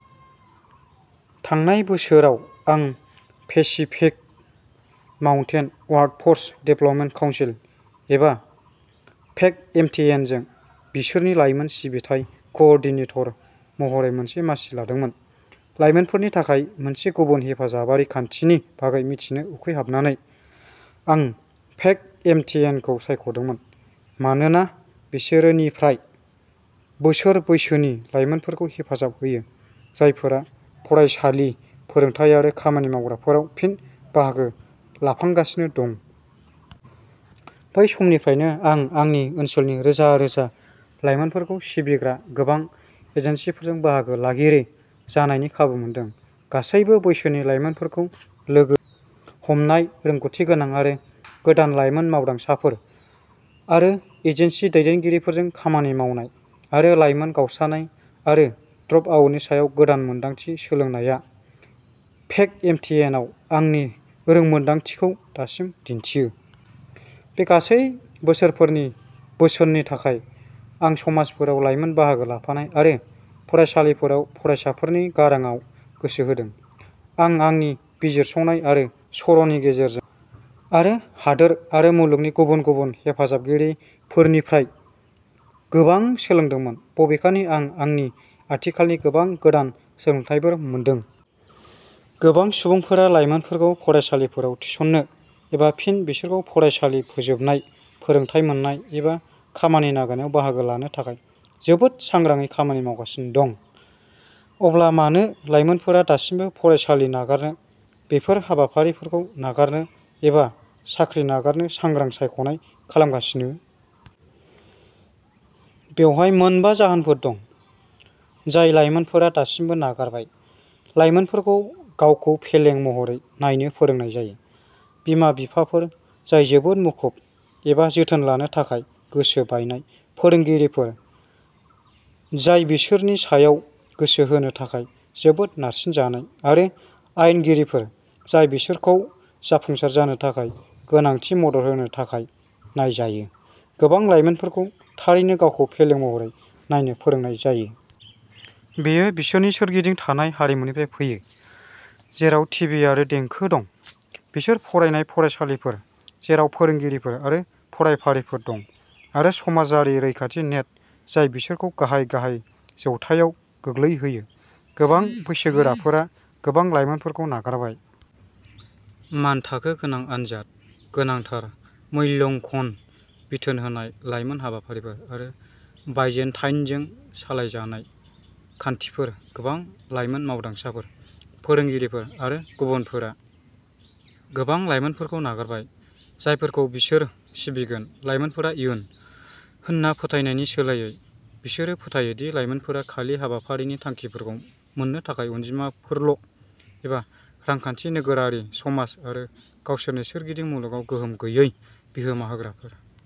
थांनाय बोसोराव आं Pacific Mountain Workforce Development Council, एबा पेकएमटीएनजों बिसोरनि लाइमोन सिबिथाइ क'ओर्डिनेटर महरै मोनसे मासि लादोंमोन। लाइमोनफोरनि थाखाय मोनसे गुबुन हेफाजाबारि खान्थिनि बागै मिथिनो उखैहाबनानै, आं पेकएमटीएनखौ सायख'दोंमोन मानोना बिसोरो निफ्राय बोसोर बैसोनि लाइमोनफोरखौ हेफाजाब होयो, जायफोरा फरायसालि, फोरोंथाय आरो खामानि मावग्राफोराव फिन-बाहागो लाफांगासिनो दं। बै समनिफ्रायनो, आं आंनि ओनसोलनि रोजा-रोजा लाइमोनफोरखौ सिबिग्रा गोबां एजेन्सिफोरजों बाहागो लागिरि जानायनि खाबु मोनदों। गासैबो बैसोनि लाइमोनफोरखौ लोगो हमनाय, रोंग'थिगोनां आरो गोदान लाइमोन मावदांसाफोर आरो एजेन्सि दैदेनगिरिफोरजों खामानि मावनाय, आरो लाइमोन गावस्रानाय आरो ड्रपआउटनि सायाव गोदान मोनदांथि सोलोंनाया पेकएमटीएनआव आंनि रोंमोनदांथिखौ दासिम दिन्थियो। बे गासै बोसोरफोरनि बोसोननि थाखाय, आं समाजफोराव लाइमोन बाहागो लाफानाय आरो फरायसालिफोराव फरायसाफोरनि गारांआव गोसो होदों। आं आंनि बिजिरसंनाय आरो सर'नि गेजेरजों, आरो हादोर आरो मुलुगनि गुबुन गुबुन हेफाजाबगिरिफोरनिफ्राय गोबां सोलोंदोंमोन। बबेखानि, आं आंनि आथिखालनि गोबां गोदान सोलोंथायफोर मोनदों। गोबां सुबुंफोरा लाइमोनफोरखौ फरायसालिफोराव थिसननो, एबा फिन बिसोरखौ फरायसालि फोजोबनाय, फोरोंथाय मोन्नाय, एबा खामानि नागिरनायाव बाहागो लानो थाखाय जोबोद सांग्राङै खामानि मावगासिनो दं। अब्ला मानो लाइमोनफोरा दासिमबो फरायसालि नागारनो, बेफोर हाबाफारिफोरखौ नागारनो, एबा साख्रि नागारनो सांग्रां सायख'नाय खालामगासिनो? बेवहाय मोनबा जाहोनफोर दं, जाय लाइमोनफोरा दासिमबो नागारबाय। लाइमोनफोरखौ गावखौ फेलें महरै नायनो फोरोंनाय जायो। बिमा-बिफाफोर जाय जोबोद मुखुब एबा जोथोन लानो थाखाय गोसो बायनाय, फोरोंगिरिफोर जाय बिसोरनि सायाव गोसो होनो थाखाय जोबोद नारसिनजानाय, आरो आयेनगिरिफोर जाय बिसोरखौ जाफुंसार जानो थाखाय गोनांथि मदद होनो थाखाय नायजायो, गोबां लाइमोनफोरखौ थारैनो गावखौ फेलें महरै नायनो फोरोंनाय जायो। बेयो बिसोरनि सोरगिदिं थानाय हारिमुनिफ्राय फैयो, जेराव टिभि आरो देंखो दं; बिसोर फरायनाय फरायसालिफोर, जेराव फोरोंगिरिफोर आरो फरायफारिफोर दं; आरो समाजारि रैखाथि नेट जाय बिसोरखौ गाहाय, गाहाय जौथायाव गोग्लैहोयो। गोबां बैसोगोराफोरा गोबां लाइमोनफोरखौ नागारबाय। मानथाखो गोनां आनजाद, गोनांथार मूल्याङ्कन, बिथोन होनाय लाइमोन हाबाफारिफोर, आरो बाइजेन्टाइनजों सालायजानाय। खान्थिफोर, गोबां लाइमोन मावदांसाफोर, फोरोंगिरिफोर आरो गुबुनफोरा गोबां लाइमोनफोरखौ नागारबाय, जायफोरखौ बिसोर सिबिगोन। "लाइमोनफोरा इयुन" होन्ना फोथायनायनि सोलायै, बिसोरो फोथायो दि लाइमोनफोरा खालि हाबाफारिनि थांखिफोरखौ मोन्नो थाखाय अनजिमाफोरल ', एबा रांखान्थि, नोगोरारि समाज आरो गावसोरनि सोरगिदिं मुलुगाव गोहोम गैयै बिहोमा होग्राफोर।